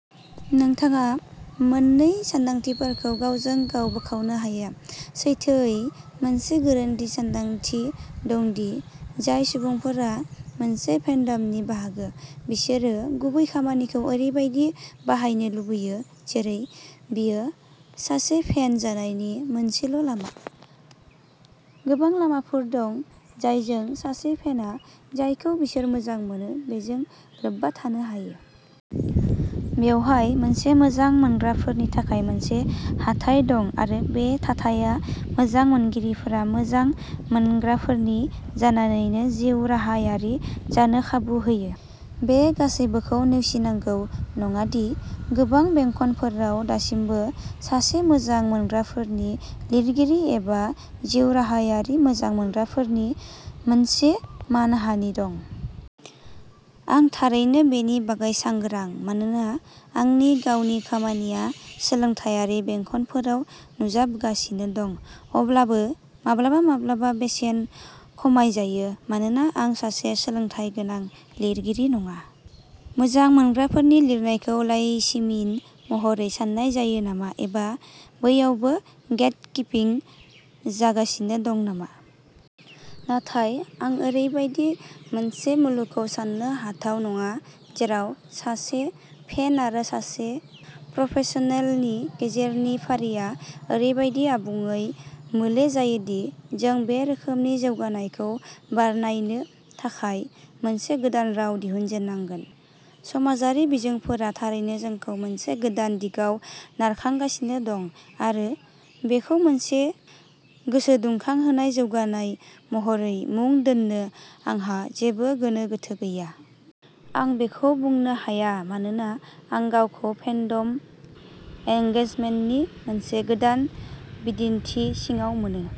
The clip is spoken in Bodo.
नोंथाङा मोन्नै सानदांथिफोरखौ गावजों गाव बोखावनो हाया। सैथोयै, मोनसे गोरोन्थि सानदांथि दं दि जाय सुबुंफोरा मोनसे फेन्डमनि बाहागो, बिसोरो गुबै खामानिखौ ओरैबायदि बाहायनो लुबैयो जेरै बेयो सासे फेन जानायनि मोनसेल'लामा। गोबां लामाफोर दं जायजों सासे फेनआ जायखौ बिसोर मोजां मोनो बेजों लोब्बा थानो हायो। बेवहाय मोनसे मोजां मोनग्राफोरनि थाखाय मोनसे हाथाइ दं आरो बे थाथाया मोजां मोनगिरिफोरा मोजां मोनग्राफोरनि जानानैनो जिउराहायारि जानो खाबु होयो। बे गासैबोखौ नेवसिनांगौ नङा दि गोबां बेंखनफोराव दासिमबो सासे मोजां मोनग्राफोरनि लिरगिरि एबा "जिउराहायारि मोजां मोनग्राफोरनि" मोनसे मानहानि दं। आं थारैनो बेनि बागै सांग्रां, मानोना आंनि गावनि खामानिया सोलोंथायारि बेंखनफोराव नुजाबोगासिनो दं, अब्लाबो माब्लाबा-माब्लाबा बेसेन खमायजायो मानोना आं सासे "सोलोंथायगोनां" लिरगिरि नङा। मोजां मोनग्राफोरनि लिरनायखौ लाइसिमिन महरै सान्नाय जायो नामा, एबा बैयावबो गेट-कीपिं जागासिनो दं नामा? नाथाय आं ओरैबायदि मोनसे मुलुगखौ सान्नो हाथाव नङा जेराव सासे फेन आरो सासे प्रफेसनेलनि गेजेरनि फारिया ओरैबायदि आबुङै मोले जायो दि जों बे रोखोमनि जौगानायखौ बरनायनो थाखाय मोनसे गोदान राव दिहुनजेननांगोन। समाजारि बिजोंफोरा थारैनो जोंखौ मोनसे गोदान दिगाव नारखांगासिनो दं, आरो बेखौ मोनसे गोसोदुंखांहोनाय जौगानाय महरै मुं दोन्नो आंहा जेबो गोनो गोथो गैया। आं बेखौ बुंनो हाया मानोना आं गावखौ फेन्डम एंगेजमेन्टनि मोनसे गोदान बिदिनथि सिङाव मोनो।